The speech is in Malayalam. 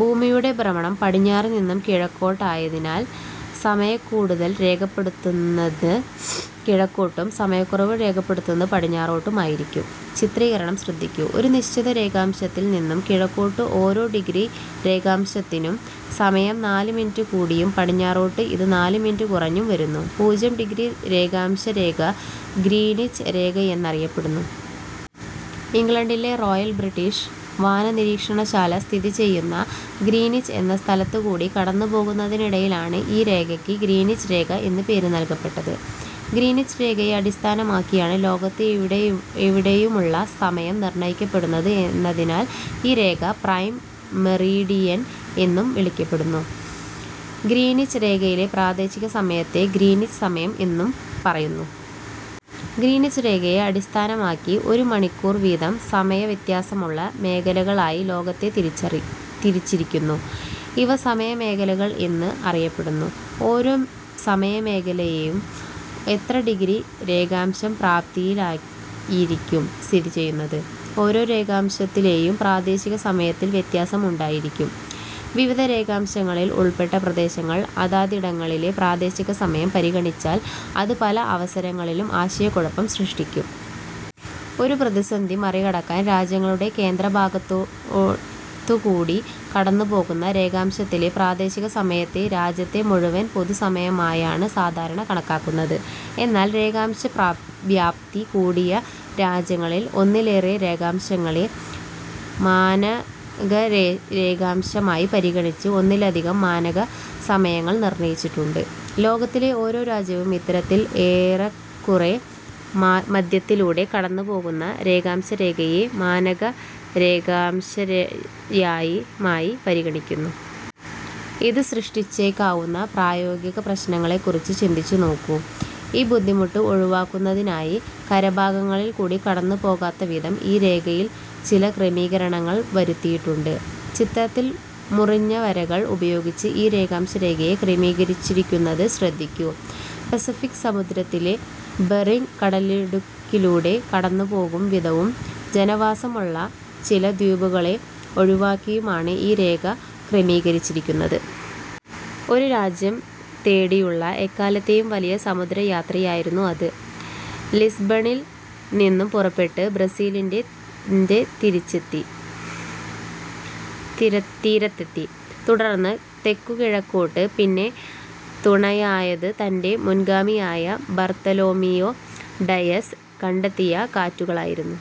ഭൂമിയുടെ ഭ്രമണം പടിഞ്ഞാറുനിന്നു കിഴക്കോട്ടായതിനാൽ സമയക്കൂടുതൽ രേഖപ്പെടുത്തുന്നത് കിഴക്കോട്ടും സമയക്കുറവ് രേഖപ്പെടുത്തുന്നത് പടിഞ്ഞാറോട്ടും ആയിരിക്കും. ചിത്രീകരണം ശ്രദ്ധിക്കൂ. ഒരു നിശ്ചിത രേഖാംശത്തിൽ നിന്നു കിഴക്കോട്ട് ഓരോ ഡിഗ്രി രേഖാംശത്തിനും സമയം നാല് മിനിറ്റ് കൂടിയും പടിഞ്ഞാറോട്ട് ഇത് നാല് മിനിറ്റ് കുറഞ്ഞും വരുന്നു. പൂജ്യം ഡിഗ്രി രേഖാംശരേഖ ഗ്രീനിച്ച് രേഖയെന്നറിയപ്പെടുന്നു. ഇംഗ്ലണ്ടിലെ റോയൽ ബ്രിട്ടീഷ് വാനനിരീക്ഷണശാല സ്ഥിതിചെയ്യുന്ന ഗ്രീനിച്ച് എന്ന സ്ഥലത്തുകൂടി കടന്നുപോകുന്നതിനാലാണ് ഈ രേഖയ്ക്ക് ഗ്രീനിച്ച് രേഖ എന്ന പേര് നൽകപ്പെട്ടത്. ഗ്രീനിച്ച് രേഖയെ അടിസ്ഥാനമാക്കിയാണ് ലോകത്ത് എവിടെയുമുള്ള സമയം നിർണയിക്കപ്പെടുന്നത് എന്നതിനാൽ ഈ രേഖ പ്രൈം മെറീഡിയൻ എന്നും വിളിക്കപ്പെടുന്നു. ഗ്രീനിച്ച് രേഖയിലെ പ്രാദേശികസമയത്തെ ഗ്രീനിച്ച് സമയം എന്നു പറയുന്നു. ഗ്രീനിച്ച് രേഖയെ അടിസ്ഥാനമാക്കി ഒരുമണിക്കൂർ വീതം സമയവ്യത്യാസമുള്ള മേഖലകളായി ലോകത്തെ തിരിച്ചിരിക്കുന്നു. ഇവ സമയമേഖലകൾ എന്ന് അറിയപ്പെടുന്നു. ഓരോ സമയമേഖലയും എത്ര ഡിഗ്രി രേഖാംശ വ്യാപ്തിയിലായിരിക്കും സ്ഥിതിചെയ്യുന്നത്? ഓരോ രേഖാംശത്തിലെയും പ്രാദേശികസമയത്തിൽ വ്യത്യാസം ഉണ്ടായിരിക്കും. വിവിധ രേഖാംശങ്ങളിൽ ഉൾപ്പെട്ട പ്രദേശങ്ങൾ അതാതിടങ്ങളിലെ പ്രാദേശികസമയം പരിഗണിച്ചാൽ അത് പല അവസരങ്ങളിലും ആശയക്കുഴപ്പം സൃഷ്ടിക്കും. ഈ പ്രതിസന്ധി മറികടക്കാൻ രാജ്യങ്ങളുടെ കേന്ദ്രഭാഗത്തുകൂടി കടന്നുപോകുന്ന രേഖാംശത്തിലെ പ്രാദേശികസമയത്തെ രാജ്യത്ത് മുഴുവൻ പൊതുസമയമായാണ് സാധാരണ കണക്കാക്കുന്നത്. എന്നാൽ രേഖാംശവ്യാപ്തി കൂടിയ രാജ്യങ്ങളിൽ ഒന്നിലേറെ രേഖാംശങ്ങളെ മാനകരേഖാംശമായി പരിഗണിച്ച് ഒന്നിലധികം മാനകസമയങ്ങൾ നിർണയിച്ചിട്ടുണ്ട്. ലോകത്തിലെ ഓരോ രാജ്യവും ഇത്തരത്തിൽ ഏറക്കുറേ മധ്യത്തിലൂടെ കടന്നുപോകുന്ന രേഖാംശരേഖയെ മാനകരേഖാംശമായി പരിഗണിക്കുന്നു. ഇത് സൃഷ്ടിച്ചേക്കാവുന്ന പ്രായോഗിക പ്രശ്നങ്ങളെ കുറിച്ച് ചിന്തിച്ചു നോക്കൂ. ഈ ബുദ്ധിമുട്ട് ഒഴിവാക്കുന്നതിനായി കരഭാഗങ്ങളിൽ കൂടി കടന്നുപോകാത്തവിധം ഈ രേഖയിൽ ചിലക്രമീകരണങ്ങൾ വരുത്തിയിട്ടുണ്ട്. ചിത്രത്തിൽ മുറിഞ്ഞവരകൾ ഉപയോഗിച്ച് ഈ രേഖാംശരേഖയെ ക്രമീകരിച്ചിരിക്കുന്നത് ശ്രദ്ധിക്കൂ. പസഫിക് സമുദ്രത്തിലെ ബെറിങ് കടലിടുക്കിലൂടെ കടന്നുപോകും വിധവും ജനവാസമുള്ള ചില ദ്വീപുകളെ ഒഴിവാക്കിയുമാണ് ഈ രേഖ ക്രമീകരിച്ചിരിക്കുന്നത്. ഒരു രാജ്യം തേടിയുള്ള എക്കാലത്തെയും വലിയ സമുദ്രയാത്രയായിരുന്നു അത്. ലിസ്ബണിൽ നിന്നു പുറപ്പെട്ട് ബ്രസീലിന്റെ തീരത്തെത്തി. തുടർന്ന് തെക്കുകിഴക്കോട്ട്. പിന്നെ തുണയായത് തന്റെ മുൻഗാമിയായ ബർത്തലോമിയോ ഡയസ് കണ്ടെത്തിയ കാറ്റുകളായിരുന്നു.